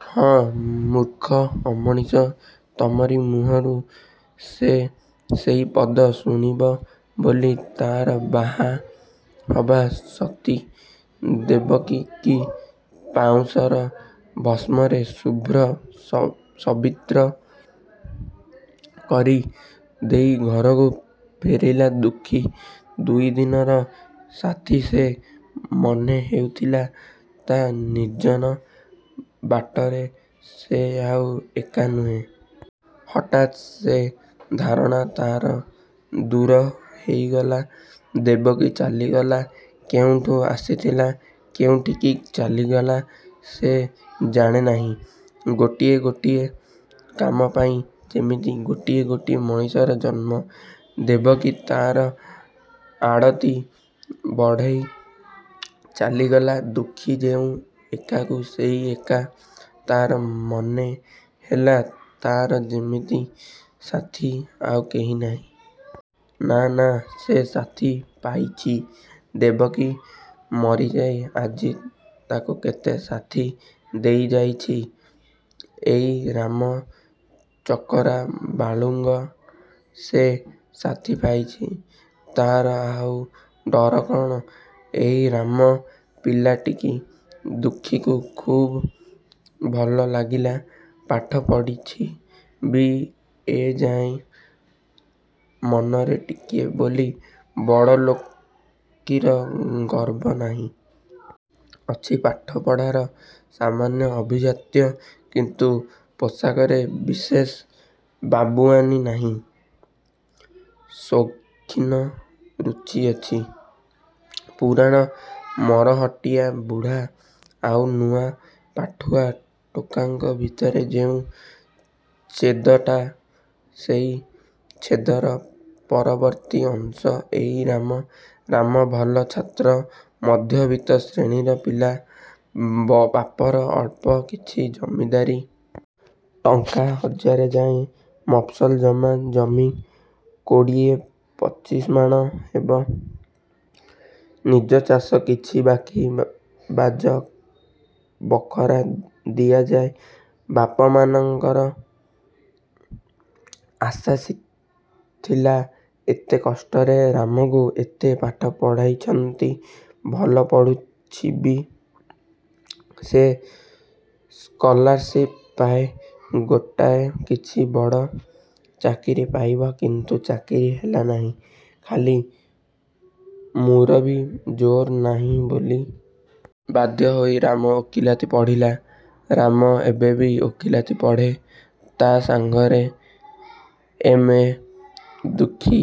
ହଁ, ମୂର୍ଖ ଅମଣିଷ–ତମରି ମୁହଁରୁ ସେ ସେଇ ପଦ ଶୁଣିବ ବୋଲି ତା'ର ବାହା ହବା। ସତୀ ଦେବକୀକି ପାଉଁଶର–ଭସ୍ମରେ ଶୁଭ୍ର ସବିତ୍ର କରି ଦେଇ ଘରକୁ ଫେରିଲା ଦୁଃଖୀ-। ଦୁଇଦିନର ସାଥୀ ସେ। ମନେ ହେଉଥିଲା, ତା' ନିର୍ଜନ ବାଟରେ ସେ ଆଉ ଏକା ନୁହେଁ। ହଠାତ ସେ ଧାରଣା ତା'ର ଦୂର ହେଇଗଲା। ଦେବକୀ ଚାଲିଗଲା–କେଉଁଠୁ ଆସିଥିଲା, କେଉଁଠିକି ଚାଲିଗଲା ସେ ଜାଣେ ନାହିଁ। ଗୋଟିଏ ଗୋଟିଏ କାମପାଇଁ ଯେମିତି ଗୋଟିଏ ଗୋଟିଏ ମଣିଷର ଜନ୍ମ। ଦେବକୀ ତା'ର ଆଡ଼ତି ବଢ଼େଇ ଚାଲିଗଲା। ଦୁଃଖୀ ଯେଉଁ ଏକାକୁ ସେଇ ଏକା-। ତା'ର ମନେ ହେଲା, ତା'ର ଯେମିତି ସାଥୀ ଆଉ କେହି ନାହିଁ। ନା–ନା–ସେ ସାଥୀ ପାଇଚି। ଦେବକୀ ମରିଯାଇ ଆଜି ତାକୁ କେତେ ସାଥୀ ଦେଇଯାଇଚି–ଏଇ ରାମ–ଚକରା–ବାଳୁଙ୍ଗା। ସେ ସାଥୀ ପାଇଚି। ତା'ର ଆଉ ଡର କ'ଣ? ଏଇ ରାମ ପିଲାଟିକି ଦୁଃଖୀକୁ ଖୁବ୍ ଭଲ ଲାଗିଲା। ପାଠ ପଢ଼ିଛି ବି. ଏ. ଯାଏଁ। ମନରେ ଟିକିଏ ବୋଲି ବଡ଼ଲୋକୀର ଗର୍ବ ନାହିଁ। ଅଛି ପାଠପଢ଼ାର ସାମାନ୍ୟ ଆଭିଜାତ୍ୟ। କିନ୍ତୁ ପୋଷାକରେ ବିଶେଷ ବାବୁଆନି ନାହିଁ–ସୌଖୀନ ରୁଚିଅଛି। ପୁରୁଣା ମରହଟ୍ଟିଆ ବୁଢ଼ା ଆଉ ନୂଆ ପାଠୁଆ ଟୋକାଙ୍କ ଭିତରେ ଯେଉଁ ଛେଦଟା ସେଇ ଛେଦର ପରବର୍ତ୍ତୀ ଅଂଶ ଏଇ ରାମ। ରାମ ଭଲ ଛାତ୍ର। ମଧ୍ୟବିତ୍ତ ଶ୍ରେଣୀର ପିଲା। ବାପର ଅଳ୍ପ କିଛି ଜମିଦାରୀ। ଟଙ୍କା ହଜାରେ ଯାଏଁ ମଫସଲ ଜମା। ଜମି କୋଡ଼ିଏ ପଚିଶମାଣ ହେବ। ନିଜଚାଷ କିଛି–ବାକି ବାଜ ବଖରା ଦିଆଯାଏ। ବାପ ମାଙ୍କର ଆଶାଥିଲା, ଏତେ କଷ୍ଟରେ ରାମକୁ ଏତେ ପାଠ ପଢ଼େଇଚନ୍ତି–ଭଲ ପଢ଼ୁଛିବି ସେ–ସ୍କଲାରଶିପ୍ ପାଏ–ଗୋଟାଏ କିଛି ବଡ଼ ଚାକିରି ପାଇବ। କିନ୍ତୁ ଚାକିରି ହେଲା ନାହିଁ–ଖାଲି ମୁରବି ଜୋର୍ ନାହିଁ ବୋଲି। ବାଧ୍ୟ ହୋଇ ରାମ ଓକିଲାତି ପଢ଼ିଲା। ରାମ ଏବେବି ଓକିଲାତି ପଢ଼େ। ତା' ସାଙ୍ଗରେ ଏମ୍. ଏ। ଦୁଃଖୀ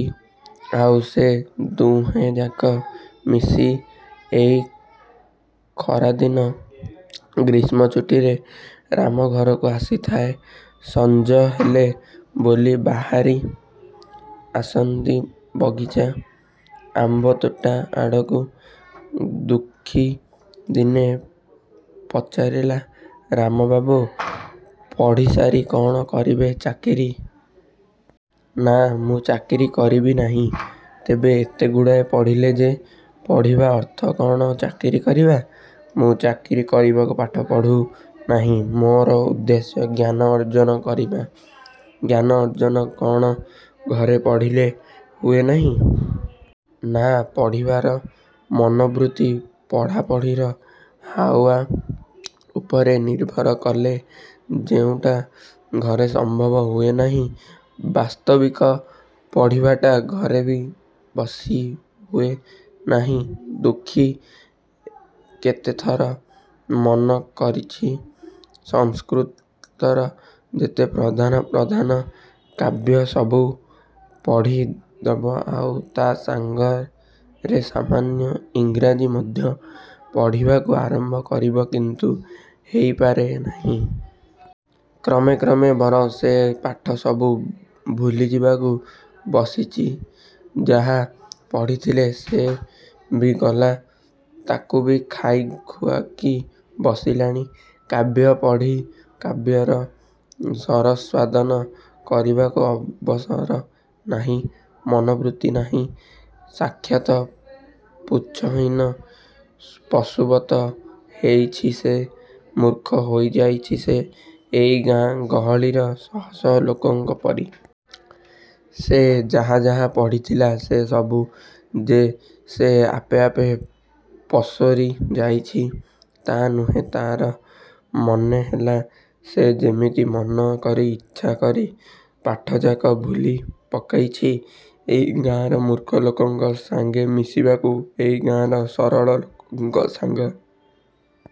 ଆଉ ସେ ଦୁହେଁଯାକ ମିଶି–ଏଇ ଖରାଦିନ ଗ୍ରୀଷ୍ମ ଛୁଟିରେ ରାମ ଘରକୁ ଆସିଥାଏ–ସଞ୍ଜ ହେଲେ ବୁଲି ବାହାରି ଆସନ୍ତି ବଗିଚା–ଆମ୍ୱତୋଟା ଆଡ଼କୁ। ଦୁଃଖୀ ଦିନେ ପଚାରିଲା–''ରାମବାବୁ, ପଢ଼ିସାରି କ'ଣ କରିବେ–ଚାକିରି? '' ''ନା, ମୁଁ ଚାକିରି କରିବି ନାହିଁ। '' ''ତେବେ, ଏତେଗୁଡ଼ାଏ ପଢ଼ିଲେ ଯେ–'' ''ପଢ଼ିବା ଅର୍ଥ କ'ଣ ଚାକିରି କରିବା? ମୁଁ ଚାକିରି କରିବାକୁ ପାଠ ପଢ଼ୁ ନାହିଁ। ମୋର ଉଦ୍ଦେଶ୍ୟ ଜ୍ଞାନ ଅର୍ଜନ କରିବା। '' ''ଜ୍ଞାନ ଅର୍ଜନ କ'ଣ ଘରେ ପଢ଼ିଲେ ହୁଏ ନାହିଁ? '' ''ନା–ପଢ଼ିବାର ମନୋବୃତ୍ତି, ପଢ଼ାପଢ଼ିର ହାଉଆ ଉପରେ ନିର୍ଭର କଲେ–ଯେଉଁଟା ଘରେ ସମ୍ଭବ ହୁଏ ନାହିଁ। '' ବାସ୍ତବିକ ପଢ଼ିବାଟା ଘରେ ବସି ହୁଏ ନାହିଁ। ଦୁଃଖୀ କେତେଥର ମନ କରିଛି–ସଂସ୍କୃତର ଯେତେ ପ୍ରଧାନ ପ୍ରଧାନ କାବ୍ୟ ସବୁ ପଢ଼ି ଦବ ଆଉ ତା' ସାଙ୍ଗରେ ସାମାନ୍ୟ ଇଂରାଜୀ ମଧ୍ୟ ପଢ଼ିବାକୁ ଆରମ୍ଭ କରିବ–କିନ୍ତୁ ହେଇ ପାରେ ନାହିଁ। କ୍ରମେ କ୍ରମେ ବରଂ ସେ ପାଠ ସବୁ ଭୁଲିଯିବାକୁ ବସିଚି। ଯାହା ପଢ଼ିଥିଲା ସେ ବି ଗଲା–ତାକୁବି ଖାଇ ଖୁଆ କି ବସିଲାଣି। କାବ୍ୟ ପଢ଼ି କାବ୍ୟର ରସ ଆସ୍ୱାଦନ କରିବାକୁ ଅବସର ନାହିଁ–ମନୋବୃତ୍ତି ନାହିଁ। ସାକ୍ଷାତ ପୁଚ୍ଛହୀନ ପଶୁବତ୍ ହେଇଚି ସେ। ମୂର୍ଖ ହେଇଯାଇଛି ସେ ଏଇ ଗାଁ ଗହଳିର ଶହ ଶହ ଲୋକଙ୍କ ପରି। ସେ ଯାହା ଯାହା ପଢ଼ିଥିଲା, ସେ ସବୁକୁ ଯେ ସେ ଆପେ ଆପେ ପାସୋରି ଯାଇଛି, ତା' ନୁହେଁ–ତା'ର ମନେ ହେଲା, ସେ ଯେମିତି ମନ କରି, ଇଚ୍ଛା କରି ପାଠଯାକ ଭୁଲି ପକେଇଛି। ଏଇ ଗାଁର ମୂର୍ଖ ଲୋକଙ୍କ ସାଙ୍ଗେ ମିଶିବାକୁ, ଏଇ ଗାଁର ସରଳ ଲୋକଙ୍କ ସାଙ୍ଗେ